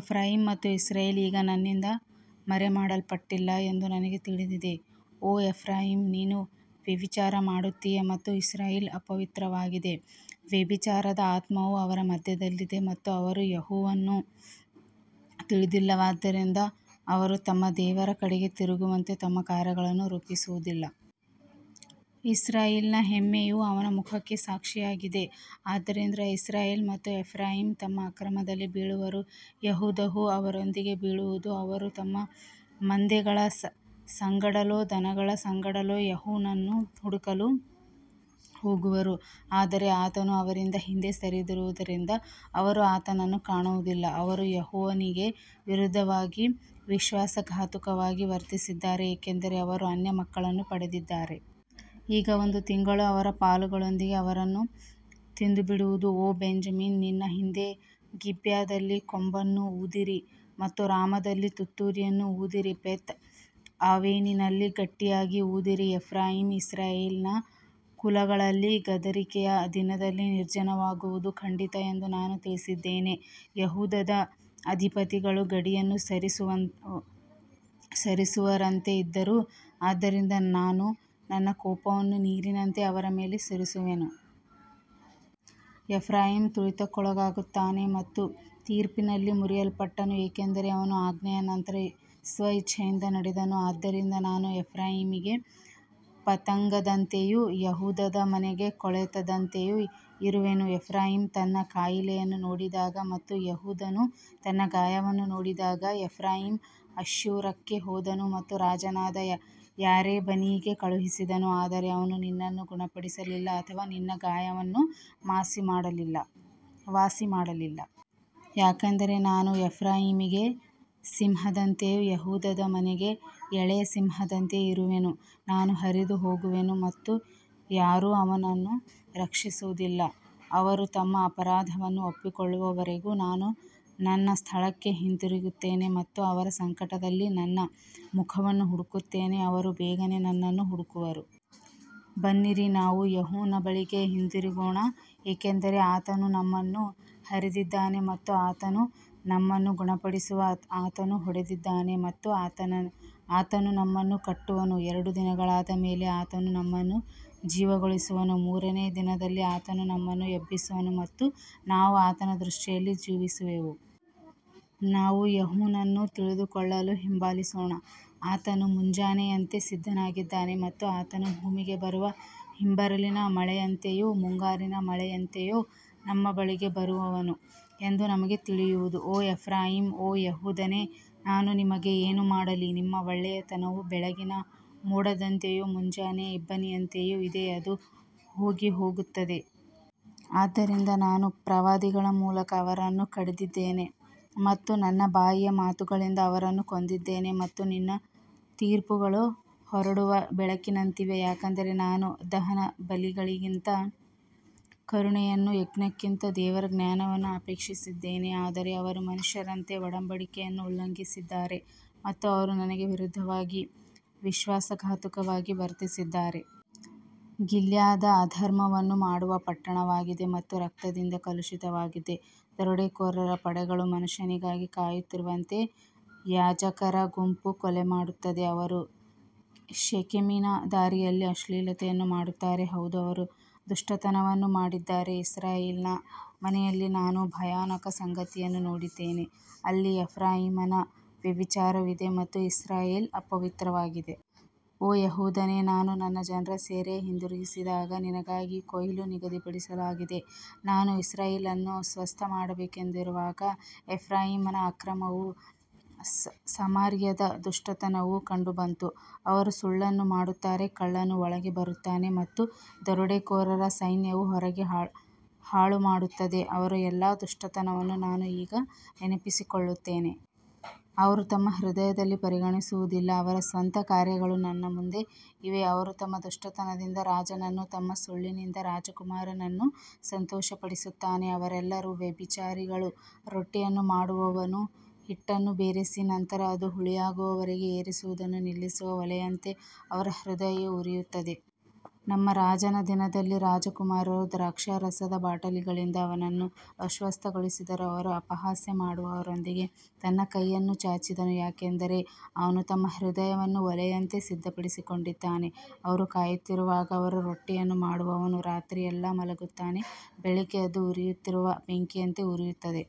Ephraim ಮತ್ತು Israel ಈಗ ನನ್ನಿಂದ ಮರೆಮಾಡಲ್ಪಟ್ಟಿಲ್ಲ ಎಂದು ನನಗೆ ತಿಳಿದಿದೆ. ಓ ಎಫ್ರಾಯೀಮ್, ನೀನು ವ್ಯಭಿಚಾರ ಮಾಡುತ್ತೀಯ ಮತ್ತು ಇಸ್ರಾಯೇಲ್ ಅಪವಿತ್ರವಾಗಿದೆ. ವ್ಯಭಿಚಾರದ ಆತ್ಮವು ಅವರ ಮಧ್ಯದಲ್ಲಿದೆ ಮತ್ತು ಅವರು ಯೆಹೋವನನ್ನು ತಿಳಿದಿಲ್ಲವಾದ್ದರಿಂದ ಅವರು ತಮ್ಮ ದೇವರ ಕಡೆಗೆ ತಿರುಗುವಂತೆ ತಮ್ಮ ಕಾರ್ಯಗಳನ್ನು ರೂಪಿಸುವುದಿಲ್ಲ. ಇಸ್ರಾಯೇಲಿನ ಹೆಮ್ಮೆಯು ಅವನ ಮುಖಕ್ಕೆ ಸಾಕ್ಷಿಯಾಗಿದೆ, ಆದ್ದರಿಂದ ಇಸ್ರಾಯೇಲ್ ಮತ್ತು ಎಫ್ರಾಯೀಮ್ ತಮ್ಮ ಅಕ್ರಮದಲ್ಲಿ ಬೀಳುವರು, ಯೆಹೂದವೂ ಅವರೊಂದಿಗೆ ಬೀಳುವುದು. ಅವರು ತಮ್ಮ ಮಂದೆಗಳ ಸಂಗಡಲೂ ದನಗಳ ಸಂಗಡಲೂ ಯೆಹೋವನನ್ನು ಹುಡುಕಲು ಹೋಗುವರು, ಆದರೆ ಆತನು ಅವರಿಂದ ಹಿಂದೆ ಸರಿದಿರುವುದರಿಂದ ಅವರು ಆತನನ್ನು ಕಾಣುವುದಿಲ್ಲ. ಅವರು ಯೆಹೋವನಿಗೆ ವಿರುದ್ಧವಾಗಿ ವಿಶ್ವಾಸಘಾತುಕವಾಗಿ ವರ್ತಿಸಿದ್ದಾರೆ, ಏಕೆಂದರೆ ಅವರು ಅನ್ಯ ಮಕ್ಕಳನ್ನು ಪಡೆದಿದ್ದಾರೆ. ಈಗ ಒಂದು ತಿಂಗಳು ಅವರ ಪಾಲುಗಳೊಂದಿಗೆ ಅವರನ್ನು ತಿಂದುಬಿಡುವುದು. ಓ ಬೆಂಜಮಿನ್, ನಿನ್ನ ಹಿಂದೆ ಗಿಬ್ಯದಲ್ಲಿ ಕೊಂಬನ್ನು ಊದಿರಿ ಮತ್ತು ರಾಮದಲ್ಲಿ ತುತ್ತೂರಿಯನ್ನು ಊದಿರಿ. ಬೇತ್ ಆವೆನಿನಲ್ಲಿ ಗಟ್ಟಿಯಾಗಿ ಊದಿರಿ. ಎಫ್ರಾಯೀಮ್ ಇಸ್ರಾಯೇಲಿನ ಕುಲಗಳಲ್ಲಿ ಗದರಿಕೆಯ ದಿನದಲ್ಲಿ ನಿರ್ಜನವಾಗುವುದು ಖಂಡಿತ ಎಂದು ನಾನು ತಿಳಿಸಿದ್ದೇನೆ. ಯೆಹೂದದ ಅಧಿಪತಿಗಳು ಗಡಿಯನ್ನು ಸರಿಸುವವರಂತೆ ಇದ್ದರು, ಆದ್ದರಿಂದ ನಾನು ನನ್ನ ಕೋಪವನ್ನು ನೀರಿನಂತೆ ಅವರ ಮೇಲೆ ಸುರಿಸುವೆನು. ಎಫ್ರಾಯೀಮ್ ತುಳಿತಕ್ಕೊಳಗಾಗುತ್ತಾನೆ ಮತ್ತು ತೀರ್ಪಿನಲ್ಲಿ ಮುರಿಯಲ್ಪಟ್ಟನು, ಏಕೆಂದರೆ ಅವನು ಆಜ್ಞೆಯ ನಂತರ ಸ್ವಇಚ್ಛೆಯಿಂದ ನಡೆದನು. ಆದ್ದರಿಂದ ನಾನು ಎಫ್ರಾಯೀಮಿಗೆ ಪತಂಗದಂತೆಯೂ ಯೆಹೂದದ ಮನೆಗೆ ಕೊಳೆತದಂತೆಯೂ ಇರುವೆನು. ಎಫ್ರಾಯೀಮ್ ತನ್ನ ಕಾಯಿಲೆಯನ್ನು ನೋಡಿದಾಗ ಮತ್ತು ಯೆಹೂದನು ತನ್ನ ಗಾಯವನ್ನು ನೋಡಿದಾಗ, ಎಫ್ರಾಯೀಮ್ ಅಶ್ಶೂರಕ್ಕೆ ಹೋದನು ಮತ್ತು ರಾಜನಾದ ಯಾರೆಬನಿಗೆ ಕಳುಹಿಸಿದನು, ಆದರೆ ಅವನು ನಿನ್ನನ್ನು ಗುಣಪಡಿಸಲಿಲ್ಲ ಅಥವಾ ನಿನ್ನ ಗಾಯವನ್ನು ವಾಸಿಮಾಡಲಿಲ್ಲ. ಯಾಕಂದರೆ ನಾನು ಎಫ್ರಾಯೀಮಿಗೆ ಸಿಂಹದಂತೆಯೂ ಯೆಹೂದದ ಮನೆಗೆ ಎಳೆಯ ಸಿಂಹದಂತೆಯೂ ಇರುವೆನು. ನಾನು ಹರಿದು ಹೋಗುವೆನು ಮತ್ತು ಯಾರೂ ಅವನನ್ನು ರಕ್ಷಿಸುವುದಿಲ್ಲ. ಅವರು ತಮ್ಮ ಅಪರಾಧವನ್ನು ಒಪ್ಪಿಕೊಳ್ಳುವವರೆಗೂ ನಾನು ನನ್ನ ಸ್ಥಳಕ್ಕೆ ಹಿಂತಿರುಗುತ್ತೇನೆ ಮತ್ತು ಅವರ ಸಂಕಟದಲ್ಲಿ ನನ್ನ ಮುಖವನ್ನು ಹುಡುಕುತ್ತೇನೆ. ಅವರು ಬೇಗನೆ ನನ್ನನ್ನು ಹುಡುಕುವರು. ಬನ್ನಿರಿ, ನಾವು ಯೆಹೋವನ ಬಳಿಗೆ ಹಿಂದಿರುಗೋಣ, ಏಕೆಂದರೆ ಆತನು ನಮ್ಮನ್ನು ಹರಿದಿದ್ದಾನೆ ಮತ್ತು ಆತನು ನಮ್ಮನ್ನು ಗುಣಪಡಿಸುವನು. ಆತನು ಹೊಡೆದಿದ್ದಾನೆ ಮತ್ತು ಆತನು ನಮ್ಮನ್ನು ಕಟ್ಟುವನು. ಎರಡು ದಿನಗಳಾದ ಮೇಲೆ ಆತನು ನಮ್ಮನ್ನು ಜೀವಗೊಳಿಸುವನು. ಮೂರನೆಯ ದಿನದಲ್ಲಿ ಆತನು ನಮ್ಮನ್ನು ಎಬ್ಬಿಸುವನು ಮತ್ತು ನಾವು ಆತನ ದೃಷ್ಟಿಯಲ್ಲಿ ಜೀವಿಸುವೆವು. ನಾವು ಯೆಹೋವನನ್ನು ತಿಳಿದುಕೊಳ್ಳಲು ಹಿಂಬಾಲಿಸೋಣ. ಆತನು ಮುಂಜಾನೆಯಂತೆ ಸಿದ್ಧನಾಗಿದ್ದಾನೆ ಮತ್ತು ಆತನು ಭೂಮಿಗೆ ಬರುವ ಹಿಂಬರಲಿನ ಮಳೆಯಂತೆಯೂ ಮುಂಗಾರಿನ ಮಳೆಯಂತೆಯೂ ನಮ್ಮ ಬಳಿಗೆ ಬರುವನು ಎಂದು ನಮಗೆ ತಿಳಿಯುವುದು. ಓ ಎಫ್ರಾಯೀಮ್, ಓ ಯೆಹೂದವೇ, ನಾನು ನಿಮಗೆ ಏನು ಮಾಡಲಿ. ನಿಮ್ಮ ಒಳ್ಳೆಯತನವು ಬೆಳಗಿನ ಮೋಡದಂತೆಯೂ ಮುಂಜಾನೆಯ ಇಬ್ಬನಿಯಂತೆಯೂ ಇದೆ, ಅದು ಹೋಗಿಹೋಗುತ್ತದೆ. ಆದ್ದರಿಂದ ನಾನು ಪ್ರವಾದಿಗಳ ಮೂಲಕ ಅವರನ್ನು ಕಡಿದಿದ್ದೇನೆ ಮತ್ತು ನನ್ನ ಬಾಯಿಯ ಮಾತುಗಳಿಂದ ಅವರನ್ನು ಕೊಂದಿದ್ದೇನೆ ಮತ್ತು ನಿನ್ನ ತೀರ್ಪುಗಳು ಹೊರಡುವ ಬೆಳಕಿನಂತಿವೆ. ಯಾಕಂದರೆ ನಾನು ದಹನಬಲಿಗಳಿಗಿಂತ ಕರುಣೆಯನ್ನೂ ಯಜ್ಞಕ್ಕಿಂತ ದೇವರ ಜ್ಞಾನವನ್ನೂ ಅಪೇಕ್ಷಿಸಿದ್ದೇನೆ. ಆದರೆ ಅವರು ಮನುಷ್ಯರಂತೆ ಒಡಂಬಡಿಕೆಯನ್ನು ಉಲ್ಲಂಘಿಸಿದ್ದಾರೆ ಮತ್ತು ಅವರು ನನಗೆ ವಿರುದ್ಧವಾಗಿ ವಿಶ್ವಾಸಘಾತುಕವಾಗಿ ವರ್ತಿಸಿದ್ದಾರೆ. ಗಿಲ್ಯಾದ್ ಅಧರ್ಮವನ್ನು ಮಾಡುವ ಪಟ್ಟಣವಾಗಿದೆ ಮತ್ತು ರಕ್ತದಿಂದ ಕಲುಷಿತವಾಗಿದೆ. ದರೋಡೆಕೋರರ ಪಡೆಗಳು ಮನುಷ್ಯನಿಗಾಗಿ ಕಾಯುತ್ತಿರುವಂತೆ, ಯಾಜಕರ ಗುಂಪು ಕೊಲೆಮಾಡುತ್ತದೆ. ಅವರು ಶೆಕೆಮಿನ ದಾರಿಯಲ್ಲಿ ಅಶ್ಲೀಲತೆಯನ್ನು ಮಾಡುತ್ತಾರೆ, ಹೌದು, ಅವರು ದುಷ್ಟತನವನ್ನು ಮಾಡಿದ್ದಾರೆ. ಇಸ್ರಾಯೇಲಿನ ಮನೆಯಲ್ಲಿ ನಾನು ಭಯಾನಕ ಸಂಗತಿಯನ್ನು ನೋಡಿದ್ದೇನೆ. ಅಲ್ಲಿ ಎಫ್ರಾಯೀಮನ ವ್ಯಭಿಚಾರವಿದೆ ಮತ್ತು ಇಸ್ರಾಯೇಲ್ ಅಪವಿತ್ರವಾಗಿದೆ. ಓ ಯೆಹೂದನೇ, ನಾನು ನನ್ನ ಜನರ ಸೆರೆಯನ್ನು ಹಿಂದಿರುಗಿಸಿದಾಗ ನಿನಗಾಗಿ ಕೊಯ್ಲು ನಿಗದಿಪಡಿಸಲಾಗಿದೆ. ನಾನು ಇಸ್ರಾಯೇಲನ್ನು ಸ್ವಸ್ಥಮಾಡಬೇಕೆಂದಿರುವಾಗ ಎಫ್ರಾಯೀಮನ ಅಕ್ರಮವೂ ಸಮಾರ್ಯದ ದುಷ್ಟತನವೂ ಕಂಡುಬಂತು. ಅವರು ಸುಳ್ಳನ್ನು ಮಾಡುತ್ತಾರೆ, ಕಳ್ಳನು ಒಳಗೆ ಬರುತ್ತಾನೆ ಮತ್ತು ದರೋಡೆಕೋರರ ಸೈನ್ಯವು ಹೊರಗೆ ಹಾಳುಮಾಡುತ್ತದೆ. ಅವರ ಎಲ್ಲಾ ದುಷ್ಟತನವನ್ನು ನಾನು ಈಗ ನೆನಪಿಸಿಕೊಳ್ಳುತ್ತೇನೆ. ಅವರು ತಮ್ಮ ಹೃದಯದಲ್ಲಿ ಪರಿಗಣಿಸುವುದಿಲ್ಲ, ಅವರ ಸ್ವಂತ ಕಾರ್ಯಗಳು ನನ್ನ ಮುಂದೆ ಇವೆ. ಅವರು ತಮ್ಮ ದುಷ್ಟತನದಿಂದ ರಾಜನನ್ನೂ ತಮ್ಮ ಸುಳ್ಳಿನಿಂದ ರಾಜಕುಮಾರರನ್ನೂ ಸಂತೋಷಪಡಿಸುತ್ತಾರೆ. ಅವರೆಲ್ಲರೂ ವ್ಯಭಿಚಾರಿಗಳು. ರೊಟ್ಟಿಯನ್ನು ಮಾಡುವವನು ಹಿಟ್ಟನ್ನು ಬೆರೆಸಿದ ನಂತರ ಅದು ಹುಳಿಯಾಗುವವರೆಗೆ ಏರಿಸುವುದನ್ನು ನಿಲ್ಲಿಸುವ ಒಲೆಯಂತೆ ಅವರ ಹೃದಯವು ಉರಿಯುತ್ತದೆ. ನಮ್ಮ ರಾಜನ ದಿನದಲ್ಲಿ ರಾಜಕುಮಾರರು ದ್ರಾಕ್ಷಾರಸದ ಬಾಟಲಿಗಳಿಂದ ಅವನನ್ನು ಅಸ್ವಸ್ಥಗೊಳಿಸಿದರು. ಅವನು ಅಪಹಾಸ್ಯ ಮಾಡುವವರೊಂದಿಗೆ ತನ್ನ ಕೈಯನ್ನು ಚಾಚಿದನು. ಯಾಕಂದರೆ ಅವರು ತಮ್ಮ ಹೃದಯವನ್ನು ಒಲೆಯಂತೆ ಸಿದ್ಧಪಡಿಸಿಕೊಂಡಿದ್ದಾರೆ. ಅವರು ಕಾಯುತ್ತಿರುವಾಗ ಅವರ ರೊಟ್ಟಿಯನ್ನು ಮಾಡುವವನು ರಾತ್ರಿಯೆಲ್ಲಾ ಮಲಗುತ್ತಾನೆ. ಬೆಳಿಗ್ಗೆ ಅದು ಉರಿಯುತ್ತಿರುವ ಬೆಂಕಿಯಂತೆ ಉರಿಯುತ್ತದೆ.